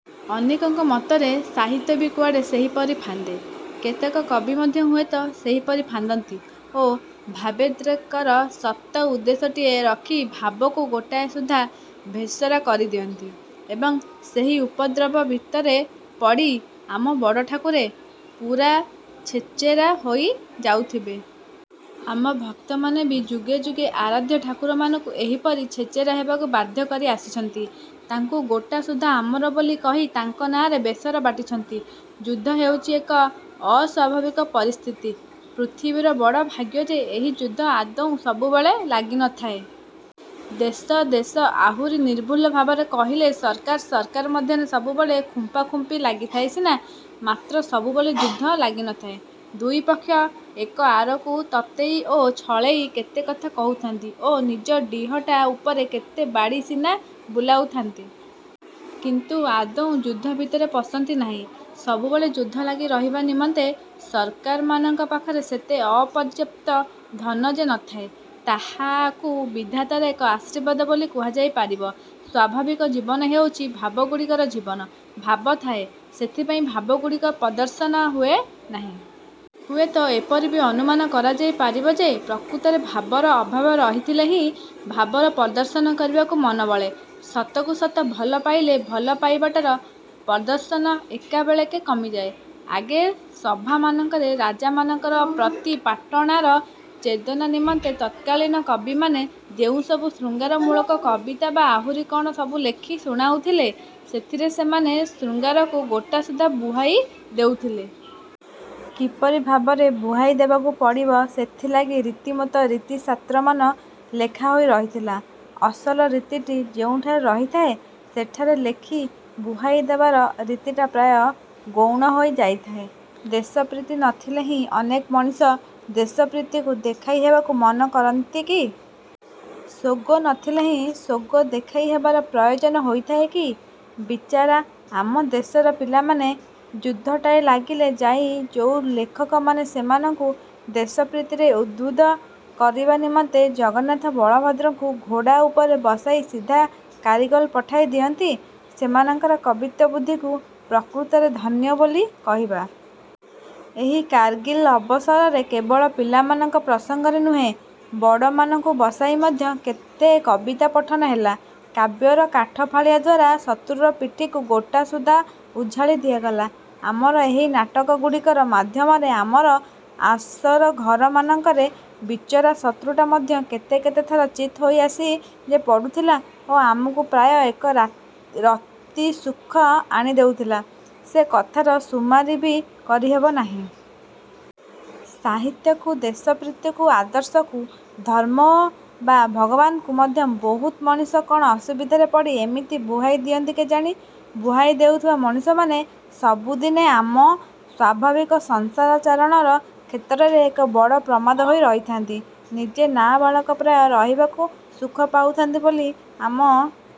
ଅନେକଙ୍କ ମତରେ ସାହିତ୍ୟ ବି କୁଆଡ଼େ ସେହିପରି ଫାନ୍ଦେ। କେତେକ କବି ମଧ୍ୟ ହୁଏତ ସେହିପରି ଫାନ୍ଦନ୍ତି ଓ ଭାବୋଦ୍ରେକର ସତ ଉଦ୍ଦେଶ୍ୟଟିଏ ରଖି ଭାବକୁ ଗୋଟା ସୁଦ୍ଧା ଭେଷରା କରିଦିଅନ୍ତି। ଏବଂ, ସେହି ଉପଦ୍ରବ ଭିତରେ ପଡ଼ି ଆମ ବଡ଼ଠାକୁରେ ପୂରା ଛେଚେରା ହୋଇ ଯାଉଥବେ। ଆମ ଭକ୍ତମାନେ ବି ଯୁଗେ ଯୁଗେ ଆରାଧ୍ୟ ଠାକୁରମାନଙ୍କୁ ଏହିପରି ଛେଚେରା ହେବାକୁ ବାଧ୍ୟ କରି ଆସିଛନ୍ତି। ତାଙ୍କୁ ଗୋଟାସୁଦ୍ଧା ଆମର ବୋଲି କହି ତାଙ୍କ ନାଆଁରେ ବେସର ବାଟିଛନ୍ତି। ଯୁଦ୍ଧ ହେଉଛି ଏକ ଅସ୍ୱାଭାବିକ ପରିସ୍ଥିତି। ପୃଥିବୀର ବଡ଼ ଭାଗ୍ୟ ଯେ ଏହି ଯୁଦ୍ଧ ଆଦୌ ସବୁବେଳେ ଲାଗି ନଥାଏ। ଦେଶ ଦେଶ, ଆହୁରି ନିର୍ଭୁଲ ଭାବରେ କହିଲେ ସରକାର ସରକାର ମଧ୍ୟରେ ସବୁବେଳେ ଖୁମ୍ପାଖୁମ୍ପି ଲାଗିଥାଏ ସିନା, ମାତ୍ର ସବୁବେଳେ ଯୁଦ୍ଧ ଲାଗିନଥାଏ। ଦୁଇ ପକ୍ଷ ଏକ ଆରେକୁ ତତେଇ ଓ ଛଳେଇ କେତେକଥା କହୁଥାନ୍ତି ଓ ନିଜ ଡ଼ିହଟା ଉପରେ କେତେ ବାଡ଼ି ସିନା ବୁଲାଉଥାନ୍ତି। କିନ୍ତୁ ଆଦୌ ଯୁଦ୍ଧ ଭିତରେ ପଶନ୍ତି ନାହିଁ। ସବୁବେଳେ ଯୁଦ୍ଧ ଲାଗି ରହିବା ନିମନ୍ତେ ସରକାରମାନଙ୍କ ପାଖରେ ସେତେ ଅପର୍ଯ୍ୟାପ୍ତ ଧନ ଯେ ନଥାଏ, ତାହାକୁ ବିଧାତାର ଏକ ଆଶୀର୍ବାଦ ବୋଲି କୁହାଯାଇ ପାରିବ। ସ୍ଵାଭାବିକ ଜୀବନ ହେଉଛି ଭାବଗୁଡ଼ିକର ଜୀବନ। ଭାବ ଥାଏ। ସେଥିପାଇଁ ଭାବଗୁଡ଼ିକର ପ୍ରଦର୍ଶନ ହୁଏ ନାହିଁ। ହୁଏତ ଏପରି ବି ଅନୁମାନ କରାଯାଇ ପାରିବ ଯେ, ପ୍ରକୃତରେ ଭାବର ଅଭାବ ରହିଥିଲେ ହିଁ ଭାବର ପ୍ରଦର୍ଶନ କରିବାକୁ ମନବଳେ। ସତକୁ ସତ ଭଲ ପାଇଲେ ଭଲ ପାଇବାଟାର ପ୍ରଦର୍ଶନ ଏକାବେଳେକେ କମିଯାଏ। ଆଗେ ସଭାମାନଙ୍କରେ ରାଜାମାନଙ୍କର ପ୍ରୀତିପାଟଣାର ଚୋଦନା ନିମନ୍ତେ ତତ୍କାଳୀନ କବିମାନେ ଯେଉଁସବୁ ଶୃଙ୍ଗାରମୂଳକ କବିତା ବା ଆହୁରି କ'ଣ ସବୁ ଲେଖି ଶୁଣାଉଥିଲେ, ସେଥିରେ ସେମାନେ ଶୃଙ୍ଗାରକୁ ଗୋଟାସୁଦ୍ଧା ବୁହାଇ ଦେଉଥିଲେ। କିପରି ଭାବରେ ବୁହାଇ ଦେବାକୁ ପଡ଼ିବ, ସେଥିଲାଗି ରୀତିମତ ରୀତିଶାସ୍ତ୍ରମାନ ଲେଖାହୋଇ ରହିଥିଲା। ଅସଲ ରୀତିଟି ଯେଉଁଠାରେ ରହିଥାଏ, ସେଠାରେ ଲେଖି ବୁହାଇ ଦେବାର ରୀତିଟା ପ୍ରାୟ ଗୌଣ ହୋଇ ଯାଇଥାଏ। ଦେଶପ୍ରୀତି ନଥିଲେ ହିଁ ଅନେକ ମଣିଷ ଦେଶପ୍ରୀତିକୁ ଦେଖାଇ ହେବାକୁ ମନ କରନ୍ତି କି? ସୋଗ ନଥିଲେ ହିଁ ସୋଗ ଦେଖାଇ ହେବାର ପ୍ରୟୋଜନ ହୋଇଥାଏ କି? ବିଚାରା ଆମ ଦେଶର ପିଲାମାନେ! ଯୁଦ୍ଧଟାଏ ଲାଗିଲେ ଯାଇ ଯୋଉ ଲେଖକମାନେ ସେମାନଙ୍କୁ ଦେଶପ୍ରୀତିରେ ଉଦ୍ବୁଦ୍ଧ କରିବା ନିମନ୍ତେ ଜଗନ୍ନାଥ ବଳଭଦ୍ରଙ୍କୁ ଘୋଡ଼ା ଉପରେ ବସାଇ ସିଧା କାରଗିଲ୍ ପଠାଇ ଦିଅନ୍ତି, ସେମାନଙ୍କର କବିତ୍ୱବୁଦ୍ଧିକୁ ପ୍ରକୃତରେ ଧନ୍ୟ ବୋଲି କହିବା। ଏହି କାରଗିଲ ଅବସରରେ କେବଳ ପିଲାମାନଙ୍କ ପ୍ରସଙ୍ଗରେ ନୁହେଁ,। ବଡ଼ମାନଙ୍କୁ ବସାଇ ମଧ୍ୟ କେତେ କବିତା ପଠନ ହେଲା। କାବ୍ୟର କାଠଫାଳିଆ ଦ୍ଵାରା ଶତ୍ରୁର ପିଠିକୁ ଗୋଟାସୁଦ୍ଧା ଉଝାଳି ଦିଆଗଲା। ଆମର ଏହି ନାଟକଗୁଡ଼ିକର ମାଧ୍ୟମରେ ଆମର ଆସରଘରମାନଙ୍କରେ ବିଚରା ଶତ୍ରୁଟା ମଧ୍ୟ କେତେ କେତେ ଥର ଚିତ୍ ହୋଇଆସି ଯେ ପଡ଼ୁଥିଲା ଓ ଆମକୁ ପ୍ରାୟ ଏକ ରତିସୁଖ ଆଣି ଦେଉଥିଲା, ସେ କଥାର ସୁମାରି ବି କରିହେବ ନାହିଁ। ସାହିତ୍ୟକୁ, ଦେଶପ୍ରୀତିକୁ, ଆଦର୍ଶକୁ, ଧର୍ମ ବା ଭଗବାନଙ୍କୁ ମଧ୍ୟ ବହୁତ ମଣିଷ କ'ଣ ଅସୁବିଧାରେ ପଡ଼ି ଏମିତି ବୁହାଇ ଦିଅନ୍ତି କେଜାଣି-? ବୁହାଇ ଦେଉଥିବା ମଣିଷମାନେ ସବୁଦିନେ ଆମ ସ୍ୱାଭାବିକ ସଂସାର-ଚାରଣାର କ୍ଷେତ୍ରରେ ଏକ ବଡ଼ ପ୍ରମାଦ ହୋଇ ରହିଥାନ୍ତି। ନିଜେ ନାବାଳକ ପ୍ରାୟ ରହିବାକୁ ସୁଖ ପାଉଥାନ୍ତି ବୋଲି ଆମ